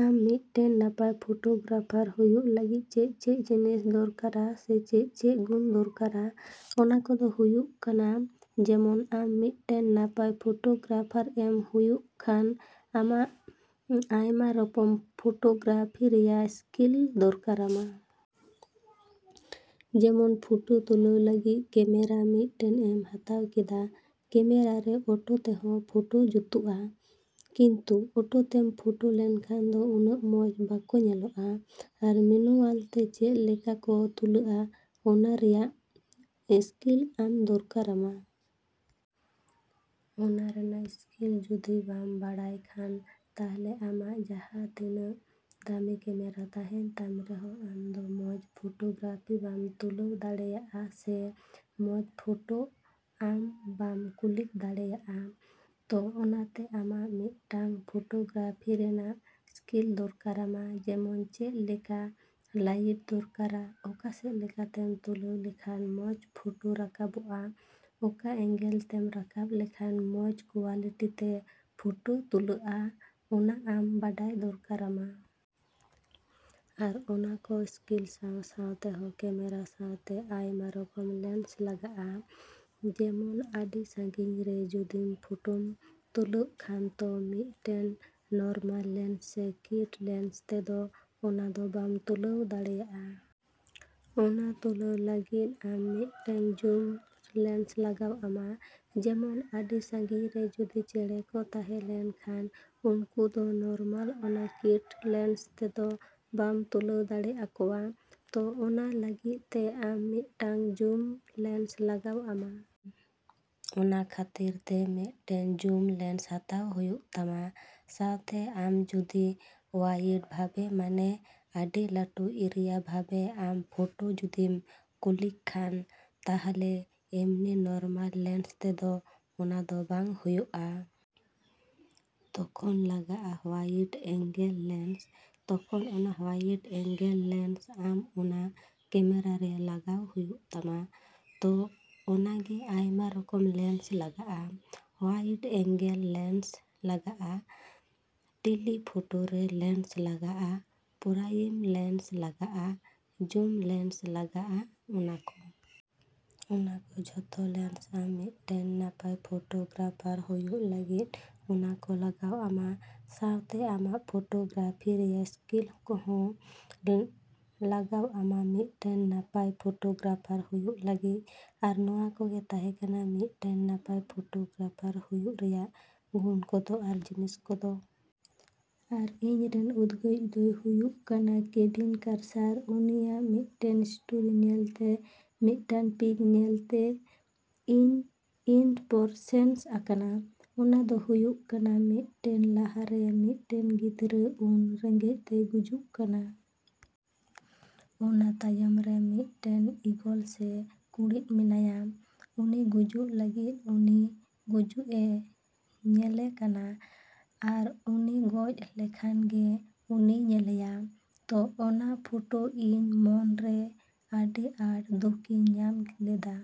ᱢᱤᱫ ᱴᱮᱱ ᱱᱟᱯᱟᱭ ᱯᱷᱳᱴᱳᱜᱨᱟᱯᱷᱟᱨ ᱦᱳᱭᱳᱜ ᱞᱟᱹᱜᱤᱫ ᱪᱮᱫ ᱪᱮᱫ ᱡᱤᱱᱤᱥ ᱫᱚᱨᱠᱟᱨᱟ ᱥᱮ ᱪᱮᱫ ᱪᱮᱫ ᱜᱩᱱ ᱫᱚᱨᱠᱟᱨᱟ? ᱚᱱᱟ ᱠᱚᱫᱚ ᱦᱳᱭᱳᱜ ᱠᱟᱱᱟ ᱡᱮᱢᱚᱱ ᱟᱢ ᱢᱤᱫ ᱴᱮᱱ ᱱᱟᱯᱟᱭ ᱯᱷᱳᱴᱳᱜᱨᱟᱯᱷᱟᱨ ᱮᱢ ᱦᱳᱭᱳᱜ ᱠᱷᱟᱱ, ᱟᱢᱟᱜ ᱟᱭᱢᱟ ᱨᱚᱠᱚᱢ ᱯᱷᱳᱴᱳᱜᱨᱟᱯᱷᱤ ᱨᱮᱱᱟᱜ ᱥᱠᱤᱞ ᱫᱚᱨᱠᱟᱨᱟᱢᱟ᱾ ᱡᱮᱢᱚᱱ ᱯᱷᱳᱴᱳ ᱛᱩᱞᱟᱹᱣ ᱞᱟᱹᱜᱤᱫ ᱠᱮᱢᱮᱨᱟ ᱢᱤᱫ ᱴᱮᱱ ᱮᱢ ᱦᱟᱛᱟᱣ ᱠᱮᱫᱟ᱾ ᱠᱮᱢᱮᱨᱟ ᱨᱮ ᱚᱴᱳ ᱛᱮᱦᱚᱸ ᱯᱷᱳᱴᱳ ᱡᱩᱛᱚᱜᱼᱟ ᱠᱤᱱᱛᱩ ᱚᱴᱳ ᱛᱮᱢ ᱯᱷᱳᱴᱳ ᱞᱮᱠᱷᱟᱱ ᱫᱚ ᱩᱱᱟᱹᱜ ᱢᱚᱸᱡᱽ ᱵᱟᱠᱚ ᱧᱮᱞᱚᱜᱼᱟ᱾ ᱟᱨ ᱢᱤᱱᱩᱣᱟᱞ ᱛᱮ ᱪᱮᱫ ᱞᱮᱠᱟ ᱠᱚ ᱛᱩᱞᱟᱹᱣᱟ ᱚᱱᱟ ᱨᱮᱱᱟᱜ ᱥᱠᱤᱞ ᱟᱢ ᱫᱚᱨᱠᱟᱨᱟᱢᱟ᱾ ᱚᱱᱟ ᱨᱮᱱᱟᱜ ᱥᱠᱤᱞ ᱡᱚᱫᱤ ᱵᱟᱢ ᱵᱟᱲᱟᱭ ᱠᱷᱟᱱ ᱛᱟᱦᱚᱞᱮ ᱟᱢᱟᱜ ᱡᱟᱦᱟᱸ ᱛᱤᱱᱟᱹᱜ ᱫᱟᱹᱢᱤ ᱠᱮᱢᱮᱨᱟ ᱛᱟᱦᱮᱱ ᱛᱟᱢ ᱨᱮᱦᱚᱸ ᱟᱢᱫᱚ ᱢᱚᱸᱡᱽ ᱯᱷᱳᱴᱳᱜᱨᱟᱯᱷᱤ ᱵᱟᱢ ᱛᱩᱞᱟᱹᱣ ᱫᱟᱲᱮᱹᱭᱟᱜ ᱥᱮ ᱢᱚᱸᱡᱽ ᱯᱷᱳᱴᱳ ᱟᱢ ᱵᱟᱢ ᱠᱞᱤᱠ ᱫᱟᱲᱮᱹᱭᱟᱜᱼᱟ᱾ ᱛᱚ ᱚᱱᱟᱛᱮ ᱟᱢᱟᱜ ᱢᱤᱫ ᱴᱟᱝ ᱯᱷᱳᱴᱳᱜᱨᱟᱯᱷᱤ ᱨᱮᱱᱟᱜ ᱥᱠᱤᱞ ᱫᱚᱨᱠᱟᱨᱟᱢᱟ ᱡᱮᱢᱚᱱ ᱪᱮᱫ ᱞᱮᱠᱟ ᱞᱟᱭᱤᱴ ᱫᱚᱨᱠᱟᱨᱟ, ᱚᱠᱟ ᱥᱮᱫ ᱞᱮᱠᱟᱛᱮᱢ ᱛᱩᱞᱟᱹᱣ ᱞᱮᱠᱷᱟᱱ ᱢᱚᱸᱡᱽ ᱯᱷᱳᱴᱳ ᱨᱟᱠᱟᱵᱚᱜᱼᱟ, ᱚᱠᱟ ᱮᱝᱜᱮᱞ ᱛᱮᱢ ᱨᱟᱠᱟᱵ ᱞᱮᱠᱷᱟᱱ ᱢᱚᱸᱡᱽ ᱠᱳᱣᱟᱞᱤᱴᱤ ᱛᱮ ᱯᱷᱳᱴᱳ ᱛᱩᱞᱟᱹᱜᱼᱟ, ᱚᱱᱟᱠᱚ ᱟᱢ ᱵᱟᱰᱟᱭ ᱫᱚᱨᱠᱟᱨᱟᱢᱟ᱾ ᱟᱨ ᱚᱱᱟ ᱠᱚ ᱥᱠᱤᱞ ᱥᱟᱶ ᱥᱟᱶᱛᱮᱦᱚᱸ ᱠᱮᱢᱮᱨᱟ ᱥᱟᱶᱛᱮ ᱟᱭᱢᱟ ᱨᱚᱠᱚᱢ ᱞᱮᱱᱥ ᱞᱟᱜᱟᱜᱼᱟ᱾ ᱡᱮᱢᱚᱱ ᱟᱹᱰᱤ ᱥᱟᱹᱜᱤᱧ ᱨᱮ ᱡᱩᱫᱤᱢ ᱯᱷᱳᱴᱳᱢ ᱛᱩᱞᱟᱹᱣ ᱠᱷᱟᱱ ᱛᱚ ᱢᱤᱫ ᱴᱮᱱ ᱱᱚᱨᱢᱟᱞ ᱞᱮᱱᱥ ᱥᱮ ᱠᱤᱴ ᱞᱮᱱᱥ ᱛᱮᱫᱚ ᱚᱱᱟ ᱫᱚ ᱵᱟᱢ ᱛᱩᱞᱟᱹᱣ ᱫᱟᱲᱮᱹᱭᱟᱜᱼᱟ᱾ ᱚᱱᱟ ᱛᱩᱞᱟᱹᱣ ᱞᱟᱹᱜᱤᱫ ᱟᱢ ᱢᱤᱫ ᱴᱮᱱ ᱡᱩᱢ ᱞᱮᱱᱥ ᱞᱟᱜᱟᱣ ᱟᱢᱟ᱾ ᱡᱮᱢᱚᱱ ᱟᱹᱰᱤ ᱥᱟᱹᱜᱤᱧ ᱨᱮ ᱡᱩᱫᱤ ᱪᱮᱬᱮ ᱠᱚ ᱛᱟᱦᱮᱸ ᱞᱮᱱ ᱠᱷᱟᱱ ᱩᱱᱠᱩ ᱫᱚ ᱱᱚᱨᱢᱟᱞ ᱚᱱᱟ ᱠᱤᱴ ᱞᱮᱱᱥ ᱛᱮᱫᱚ ᱵᱟᱢ ᱛᱩᱞᱟᱹᱣ ᱫᱟᱲᱮᱭᱟᱠᱚᱣᱟ᱾ ᱛᱚ ᱚᱱᱟ ᱞᱟᱹᱜᱤᱫ ᱛᱮ ᱟᱢ ᱢᱤᱫ ᱴᱟᱝ ᱡᱩᱢ ᱞᱮᱱᱥ ᱞᱟᱜᱟᱣ ᱟᱢᱟ᱾ ᱚᱱᱟ ᱠᱷᱟᱹᱛᱤᱨ ᱛᱮ ᱢᱤᱫ ᱴᱮᱱ ᱡᱩᱢ ᱞᱮᱱᱥ ᱦᱟᱛᱟᱣ ᱦᱳᱭᱳᱜ ᱛᱟᱢᱟ᱾ ᱥᱟᱶᱛᱮ ᱟᱢ ᱡᱚᱫᱤ ᱚᱣᱟᱭᱤᱰ ᱵᱷᱟᱵᱮ ᱢᱟᱱᱮ ᱟᱹᱰᱤ ᱞᱟᱹᱴᱩ ᱮᱨᱤᱭᱟ ᱵᱷᱟᱵᱮ ᱟᱢ ᱯᱷᱳᱴᱳ ᱡᱚᱫᱤᱢ ᱠᱞᱤᱠ ᱠᱷᱟᱱ ᱛᱟᱦᱚᱞᱮ ᱮᱢᱱᱤ ᱱᱚᱨᱢᱟᱞ ᱞᱮᱱᱥ ᱛᱮᱫᱚ ᱚᱱᱟ ᱫᱚ ᱵᱟᱝ ᱦᱳᱭᱳᱜᱼᱟ᱾ ᱛᱚᱠᱷᱚᱱ ᱞᱟᱜᱟᱜᱼᱟ ᱦᱳᱣᱟᱭᱤᱴ ᱮᱝᱜᱮᱞ ᱞᱮᱱᱥ᱾ ᱛᱚᱠᱷᱚᱱ ᱚᱱᱟ ᱦᱳᱣᱟᱭᱤᱴ ᱮᱝᱜᱮᱞ ᱞᱮᱱᱥ ᱟᱢ ᱚᱱᱟ ᱠᱮᱢᱮᱨᱟ ᱨᱮ ᱞᱟᱜᱟᱣ ᱦᱳᱭᱳᱜ ᱛᱟᱢᱟ᱾ ᱛᱚ ᱚᱱᱠᱟ ᱜᱮ ᱟᱭᱢᱟ ᱨᱚᱠᱚᱢ ᱞᱮᱱᱥ ᱞᱟᱜᱟᱜᱼᱟ᱾ ᱦᱳᱣᱟᱭᱤᱴ ᱮᱝᱜᱮᱞ ᱞᱮᱱᱥ ᱞᱟᱜᱟᱜᱼᱟ, ᱴᱮᱞᱤ ᱯᱷᱳᱴᱳ ᱨᱮ ᱞᱮᱱᱥ ᱞᱟᱜᱟᱜᱼᱟ, ᱯᱨᱟᱭᱤᱢ ᱞᱮᱱᱥ ᱞᱟᱜᱟᱜᱼᱟ, ᱡᱩᱢ ᱞᱮᱱᱥ ᱞᱟᱜᱟᱜᱼᱟ ᱚᱱᱟᱠᱚ᱾ ᱚᱱᱟ ᱠᱚ ᱡᱷᱚᱛᱚ ᱞᱮᱱᱥ ᱟᱢ ᱢᱤᱫ ᱴᱮᱱ ᱱᱟᱯᱟᱭ ᱯᱷᱳᱴᱳᱜᱨᱟᱯᱷᱟᱨ ᱦᱳᱭᱳᱜ ᱞᱟᱹᱜᱤᱫ ᱚᱱᱟᱠᱚ ᱞᱟᱜᱟᱣ ᱟᱢᱟ᱾ ᱥᱟᱶᱛᱮ ᱟᱢᱟᱜ ᱯᱷᱳᱴᱳᱜᱨᱟᱯᱷᱤ ᱨᱮᱭᱟᱜ ᱥᱠᱤᱞ ᱦᱚᱸ ᱞᱟᱜᱟᱣ ᱟᱢᱟ ᱢᱤᱫ ᱴᱮᱱ ᱱᱟᱯᱟᱭ ᱯᱷᱳᱴᱳᱜᱨᱟᱯᱷᱟᱨ ᱦᱳᱭᱳᱜ ᱞᱟᱹᱜᱤᱫ᱾ ᱟᱨ ᱱᱚᱶᱟ ᱠᱚᱜᱮ ᱛᱟᱦᱮᱸ ᱠᱟᱱᱟ ᱢᱤᱫ ᱴᱮᱱ ᱱᱟᱯᱟᱭ ᱯᱷᱳᱴᱳᱜᱨᱟᱯᱷᱟᱨ ᱦᱳᱭᱳᱜ ᱨᱮᱱᱟᱜ ᱜᱩᱱ ᱠᱚᱫᱚ ᱟᱨ ᱡᱤᱱᱤᱥ ᱠᱚᱫᱚ᱾ ᱟᱨ ᱤᱧ ᱨᱮᱱ ᱩᱫᱜᱟᱹᱣ ᱤᱡ ᱫᱚ ᱦᱳᱭᱳᱜ ᱠᱟᱱᱟ ᱠᱮᱵᱷᱤᱱ ᱠᱟᱨᱥᱟᱨ᱾ ᱩᱱᱤᱭᱟᱜ ᱢᱤᱫ ᱴᱮᱱ ᱥᱴᱳᱨᱤ ᱧᱮᱞᱛᱮ, ᱢᱤᱫ ᱴᱮᱱ ᱯᱤᱠ ᱧᱮᱞᱛᱮ ᱤᱧ ᱤᱱᱥᱯᱨᱮᱥᱮᱱ ᱟᱠᱟᱱᱟ᱾ ᱚᱱᱟ ᱫᱚ ᱦᱩᱭᱩᱜ ᱠᱟᱱᱟ ᱢᱤᱫ ᱴᱮᱱ ᱞᱟᱦᱟ ᱨᱮ ᱢᱤᱫ ᱴᱮᱱ ᱜᱤᱫᱽᱨᱟᱹ ᱩᱱ ᱨᱮᱸᱜᱮᱡ ᱛᱮ ᱜᱩᱡᱩᱜ ᱠᱟᱱᱟ᱾ ᱚᱱᱟ ᱛᱟᱭᱚᱢ ᱨᱮ ᱢᱤᱫ ᱴᱮᱱ ᱤᱜᱚᱞ ᱥᱮ ᱠᱩᱲᱤᱫ ᱢᱮᱱᱟᱭᱟ᱾ ᱩᱱᱤ ᱜᱩᱡᱩᱜ ᱞᱟᱹᱜᱤᱫ ᱩᱱᱤ ᱜᱩᱡᱩᱜ ᱮ ᱧᱮᱞᱮ ᱠᱟᱱᱟ ᱟᱨ ᱩᱱᱤ ᱜᱚᱡ ᱞᱮᱱᱠᱷᱟᱱ ᱜᱮ ᱩᱱᱤᱭ ᱧᱮᱞᱮᱭᱟ᱾ ᱛᱚ ᱚᱱᱟ ᱯᱷᱳᱴᱳ ᱤᱧ ᱢᱚᱱ ᱨᱮ ᱟᱹᱰᱤ ᱟᱸᱴ ᱫᱩᱠ ᱤᱧ ᱧᱟᱢ ᱞᱮᱫᱟ᱾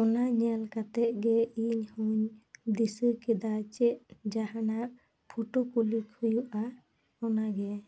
ᱚᱱᱟ ᱧᱮᱞ ᱠᱟᱛᱮᱫ ᱜᱮ ᱤᱧ ᱦᱚᱸᱧ ᱫᱤᱥᱟᱹ ᱠᱮᱫᱟ ᱪᱮᱫ ᱡᱟᱦᱟᱱᱟᱜ ᱯᱷᱳᱴᱳ ᱠᱞᱤᱠ ᱦᱳᱭᱳᱜᱼᱟ᱾ ᱚᱱᱟᱜᱮ।